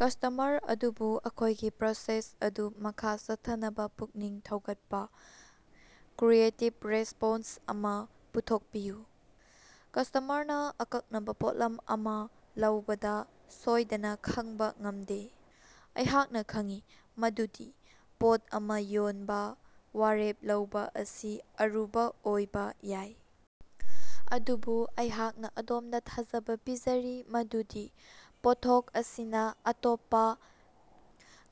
Customer ꯑꯗꯨꯕꯨ ꯑꯩꯈꯣꯏꯒꯤ purchase ꯑꯗꯨ ꯃꯈꯥ ꯆꯠꯊꯅꯕ ꯄꯨꯛꯅꯤꯡ ꯊꯧꯒꯠꯄ ꯀ꯭ꯔꯤꯌꯦꯇꯤꯕ ꯔꯦꯁꯄꯣꯟꯁ ꯑꯃ ꯄꯨꯊꯣꯛꯄꯤꯌꯨ꯫ ꯀꯁ꯭ꯇꯃꯔꯅ ꯑꯀꯛꯅꯕ ꯄꯣꯠꯂꯝ ꯑꯃ ꯂꯧꯕꯗ ꯁꯣꯏꯗꯅ ꯈꯪꯕ ꯉꯝꯗꯦ꯫ ꯑꯩꯍꯥꯛꯅ ꯈꯪꯏ ꯃꯗꯨꯗꯤ ꯄꯣꯠ ꯑꯃ ꯌꯣꯟꯕ‌ ꯋꯥꯔꯦꯞ ꯂꯧꯕ ꯑꯁꯤ ꯑꯔꯨꯕ ꯑꯣꯏꯕ ꯌꯥꯏ, ꯑꯗꯨꯕꯨ ꯑꯩꯍꯥꯛꯅ ꯑꯗꯣꯝꯗ ꯊꯥꯖꯕ ꯄꯤꯖꯔꯤ ꯃꯗꯨꯗꯤ ꯄꯣꯠꯊꯣꯛ ꯑꯁꯤꯅ ꯑꯇꯣꯞꯄ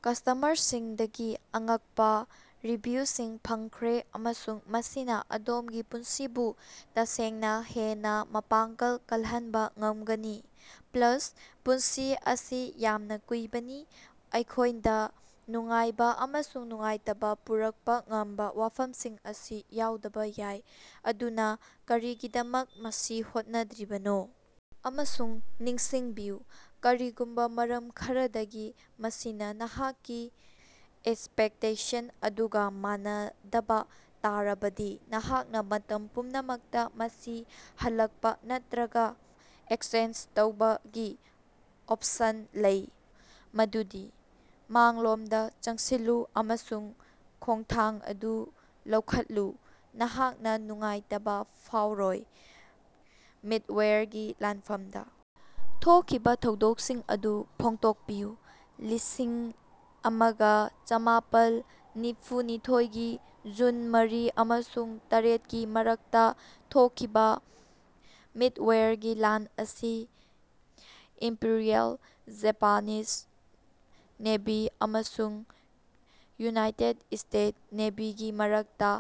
ꯀꯁ꯭ꯇꯃꯔꯁꯤꯡꯗꯒꯤ ꯑꯉꯛꯄ ꯔꯤꯚ꯭ꯌꯨꯁꯤꯡ ꯐꯪꯈ꯭ꯔꯦ ꯑꯃꯁꯨꯡ ꯃꯁꯤꯅ ꯑꯗꯣꯝꯒꯤ ꯄꯨꯟꯁꯤꯕꯨ ꯇꯁꯦꯡꯅ ꯍꯦꯟꯅ ꯃꯄꯥꯡꯒꯜ ꯀꯜꯍꯟꯕ ꯉꯝꯒꯅꯤ꯫ ꯄ꯭ꯂꯥꯁ, ꯄꯨꯟꯁꯤ ꯑꯁꯤ ꯌꯥꯝꯅ ꯀꯨꯏꯕꯅꯤ, ꯑꯩꯈꯣꯏꯗ ꯅꯨꯡꯉꯥꯏꯕ ꯑꯃꯁꯨꯡ ꯅꯨꯡꯉꯥꯏꯕ ꯄꯨꯔꯛꯄ ꯉꯝꯕ ꯋꯥꯐꯝꯁꯤꯡ ꯑꯁꯤ ꯌꯥꯎꯗꯕ ꯌꯥꯏ, ꯑꯗꯨꯅ ꯀꯔꯤꯒꯤꯗꯃꯛ ꯃꯁꯤ ꯍꯣꯠꯅꯗ꯭ꯔꯤꯕꯅꯣ? ꯑꯃꯁꯨꯡ ꯅꯤꯡꯁꯤꯡꯕꯤꯌꯨ, ꯀꯔꯤꯒꯨꯝꯕꯥ ꯃꯔꯝ ꯈꯔꯗꯒꯤ ꯃꯁꯤꯅ ꯅꯍꯥꯛꯀꯤ ꯑꯦꯛꯁꯄꯦꯛꯇꯦꯁꯟ ꯑꯗꯨꯒ‌ ꯃꯥꯟꯅꯗꯕ ꯇꯥꯔꯕꯗꯤ, ꯅꯍꯥꯛꯅ ꯃꯇꯝ ꯄꯨꯝꯅꯃꯛꯇ ꯃꯁꯤ ꯍꯜꯂꯛꯄ ꯅꯠꯇꯔꯒ ꯑꯦꯛꯁꯆꯦꯟꯖ ꯇꯧꯕꯒꯤ ꯑꯣꯞꯁꯟ ꯂꯩ꯫ ꯑꯗꯨꯅ ꯃꯥꯡꯂꯣꯝꯗ ꯆꯪꯁꯤꯜꯂꯨ ꯑꯃꯁꯨꯡ ꯈꯣꯡꯊꯥꯡ ꯑꯗꯨ ꯂꯧꯈꯠꯂꯨ, ꯅꯍꯥꯛꯅ ꯅꯨꯡꯉꯥꯏꯇꯕ ꯐꯥꯎꯔꯣꯏ꯫ ꯃꯤꯗꯋꯦꯌꯔꯒꯤ ꯂꯥꯟꯐꯞꯗ ꯊꯣꯛꯈꯤꯕ ꯊꯧꯗꯣꯛꯁꯤꯡ ꯑꯗꯨ ꯐꯣꯡꯗꯣꯛꯄꯤꯌꯨ꯫ ꯂꯤꯁꯤꯡ ꯑꯃꯒ ꯆꯃꯥꯄꯜ ꯅꯤꯐꯨꯅꯤꯊꯣꯏꯒꯤ ꯖꯨꯟ ꯃꯔꯤ ꯑꯃꯁꯨꯡ ꯇꯔꯦꯠꯀꯤ ꯃꯔꯛꯇ ꯊꯣꯛꯈꯤꯕ ꯃꯤꯗꯋꯦꯌꯔꯒꯤ ꯂꯥꯟ ꯑꯁꯤ ꯏꯝꯄꯤꯔꯤꯑꯦꯜ ꯖꯄꯥꯅꯤꯖ ꯅꯦꯚꯤ ꯑꯃꯁꯨꯡ ꯌꯨꯅꯥꯏꯇꯦꯗ ꯁ꯭ꯇꯦꯇꯁ ꯅꯦꯚꯤꯒꯤ ꯃꯔꯛꯇ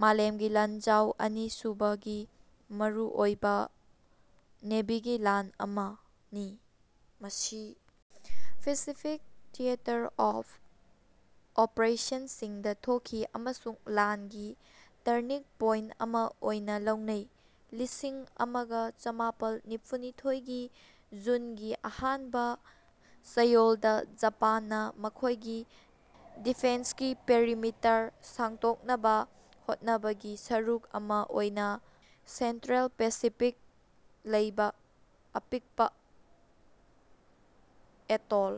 ꯃꯥꯂꯦꯝꯒꯤ ꯂꯥꯟꯖꯥꯎ ꯑꯅꯤꯁꯨꯕꯒꯤ ꯃꯔꯨꯑꯣꯏꯕ ꯅꯦꯚꯤꯒꯤ ꯂꯥꯟ ꯑꯃꯅꯤ꯫ ꯃꯁꯤ ꯄꯦꯁꯤꯐꯤꯛ ꯊꯤꯌꯦꯇꯔ ꯑꯣꯐ ꯑꯣꯄ꯭ꯔꯦꯁꯟꯁꯤꯡꯗ ꯊꯣꯛꯈꯤ, ꯑꯃꯁꯨꯡ ꯂꯥꯟꯒꯤ ꯇꯔꯅꯤꯡ ꯄꯣꯏꯟꯇ ꯑꯃ ꯑꯣꯏꯅ ꯂꯧꯅꯩ꯫ ꯂꯤꯁꯤꯡ ꯑꯃꯒ ꯆꯃꯥꯄꯜ ꯅꯤꯐꯨꯅꯤꯊꯣꯏꯒꯤ ꯖꯨꯟꯒꯤ ꯑꯍꯥꯟꯕ ꯆꯌꯣꯜꯗ ꯖꯄꯥꯟꯅ‌ ꯃꯈꯣꯏꯒꯤ ꯗꯤꯐꯦꯟꯁꯀꯤ ꯄꯦꯔꯤꯃꯤꯇꯔ ꯁꯥꯡꯗꯣꯛꯅꯕ ꯍꯣꯠꯅꯕꯒꯤ ꯁꯔꯨꯛ ꯑꯃ ꯑꯣꯏꯅ ꯁꯦꯟꯇ꯭ꯔꯦꯜ ꯄꯦꯁꯤꯐꯤꯛꯇ ꯂꯩꯕ ꯑꯄꯤꯛꯄ‌ ꯑꯦꯇꯣꯜ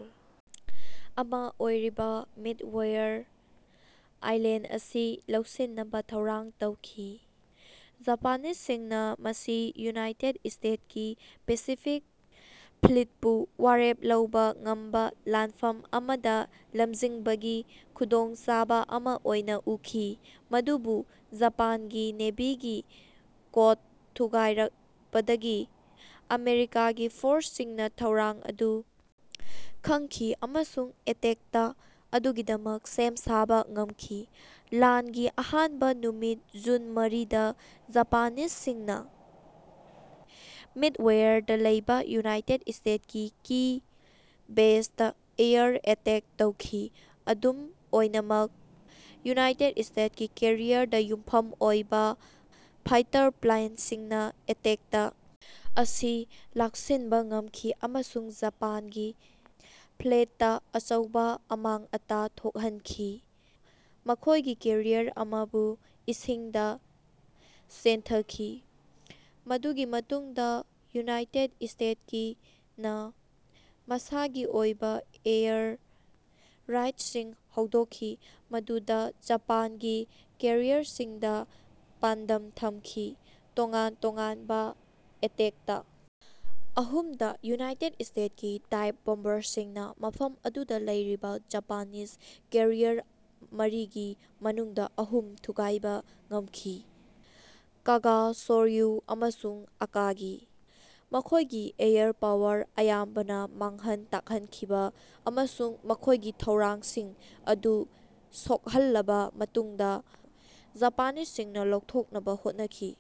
ꯑꯃ ꯑꯣꯏꯔꯤꯕ ꯃꯤꯗꯋꯦꯌꯔ ꯑꯥꯏꯂꯦꯟꯗ ꯑꯁꯤ ꯂꯧꯁꯤꯟꯅꯕ ꯊꯧꯔꯥꯡ ꯇꯧꯈꯤ꯫ ꯖꯄꯥꯅꯤꯖꯁꯤꯡꯅ ꯃꯁꯤ ꯌꯨꯅꯥꯏꯇꯦꯗ ꯁ꯭ꯇꯦꯇꯁꯀꯤ ꯄꯦꯁꯤꯐꯤꯛ ꯐ꯭ꯂꯤꯠꯄꯨ ꯋꯥꯔꯦꯞ ꯂꯧꯕ ꯉꯝꯕ ꯂꯥꯟꯐꯝ ꯑꯃꯗ ꯂꯝꯖꯤꯡꯕꯒꯤ ꯈꯨꯗꯣꯡꯆꯥꯕ ꯑꯃ ꯑꯣꯏꯅ ꯎꯈꯤ꯫ ꯑꯗꯨꯕꯨ ꯖꯄꯥꯟꯒꯤ ꯅꯦꯚꯤꯒꯤ ꯀꯣꯗ ꯊꯨꯒꯥꯏꯔꯛꯄꯗꯒꯤ ꯑꯃꯦꯔꯤꯀꯥꯒꯤ ꯐꯣꯔꯁꯁꯤꯡꯅ ꯊꯧꯔꯥꯡ ꯑꯗꯨ ꯈꯪꯈꯤ ꯑꯃꯁꯨꯡ ꯑꯦꯇꯦꯛꯇ ꯑꯗꯨꯒꯤꯗꯃꯛ ꯁꯦꯝ ꯁꯥꯕ ꯉꯝꯈꯤ꯫ ꯂꯥꯟꯒꯤ ꯑꯍꯥꯟꯕ ꯅꯨꯃꯤꯠ ꯖꯨꯟ ꯃꯔꯤ ꯗꯥ ꯖꯄꯥꯅꯤꯖꯁꯤꯡꯅ ꯃꯤꯗꯋꯦꯌꯔꯗꯥ ꯂꯩꯕ ꯌꯨꯅꯥꯏꯇꯦꯗ ꯁ꯭ꯇꯦꯇꯁꯀꯤ ꯀꯤ ꯕꯦꯖꯗꯥ ꯑꯦꯌꯔ ꯑꯦꯇꯦꯛ ꯇꯧꯈꯤ꯫ ꯑꯗꯨꯝ ꯑꯣꯏꯅꯃꯛ ꯌꯨꯅꯥꯏꯇꯦꯗ ꯁ꯭ꯇꯦꯇꯁꯀꯤ ꯀꯦꯔꯤꯌꯔꯗ ꯌꯨꯝꯐꯝ ꯑꯣꯏꯕ ꯐꯥꯏꯇꯔ ꯄ꯭ꯂꯦꯟꯁꯤꯡꯅ ꯑꯦꯇꯦꯛꯇ ꯑꯁꯤ ꯂꯥꯛꯁꯤꯟꯕ ꯉꯝꯈꯤ ꯑꯃꯁꯨꯡ ꯖꯄꯥꯟꯒꯤ ꯐ꯭ꯂꯤꯠꯇꯥ ꯑꯆꯧꯕ ꯑꯃꯥꯡ ꯑꯇꯥ ꯊꯣꯛꯍꯟꯈꯤ, ꯃꯈꯣꯏꯒꯤ ꯀꯦꯔꯤꯌꯔ ꯑꯃꯕꯨ ꯏꯁꯤꯡꯗ ꯆꯦꯟꯊꯈꯤ꯫ ꯃꯗꯨꯒꯤ ꯃꯇꯨꯡꯗꯥ ꯌꯨꯅꯥꯏꯇꯦꯗ ꯁ꯭ꯇꯦꯇꯁꯀꯤ ꯅ ꯃꯁꯥꯒꯤ ꯑꯣꯏꯕ ꯑꯦꯌꯔ ꯔꯦꯏꯗꯁꯤꯡ ꯍꯧꯗꯣꯛꯈꯤ, ꯃꯗꯨꯗ ꯖꯄꯥꯟꯒꯤ ꯀꯦꯔꯤꯌꯔꯁꯤꯡꯗ ꯄꯥꯟꯗꯝ ꯊꯝꯈꯤ꯫ ꯇꯣꯉꯥꯟ ꯇꯣꯉꯥꯟꯕ ꯑꯦꯇꯦꯛꯇ ꯑꯍꯨꯝꯗ ꯌꯨꯅꯥꯏꯇꯦꯗ ꯁ꯭ꯇꯦꯇꯁꯀꯤ ꯗꯥꯏꯕ ꯕꯣꯝꯕꯔꯁꯤꯡꯅ ꯃꯐꯝ ꯑꯗꯨꯗ ꯂꯩꯔꯤꯕ ꯖꯄꯥꯅꯤꯖ ꯀꯦꯔꯤꯌꯔ ꯃꯔꯤꯒꯤ ꯃꯅꯨꯡꯗ ꯑꯍꯨꯝ ꯊꯨꯒꯥꯏꯕ ꯉꯝꯈꯤ - ꯀꯥꯒꯥ, ꯁꯣꯔꯌꯨ ꯑꯃꯁꯨꯡ ꯑꯀꯥꯒꯤ꯫ ꯃꯈꯣꯏꯒꯤ ꯑꯦꯌꯔ ꯄꯥꯋꯔ ꯑꯌꯥꯝꯕꯅ ꯃꯥꯡꯍꯟ ꯇꯥꯛꯍꯟꯈꯤꯕ, ꯑꯃꯁꯨꯡ ꯃꯈꯣꯏꯒꯤ ꯊꯧꯔꯥꯡꯁꯤꯡ ꯑꯗꯨ ꯁꯣꯛꯍꯜꯂꯕ ꯃꯇꯨꯡꯗ ꯖꯄꯥꯅꯤꯖꯁꯤꯡꯅ ꯂꯧꯊꯣꯛꯅꯕ ꯍꯣꯠꯅꯈꯤ꯫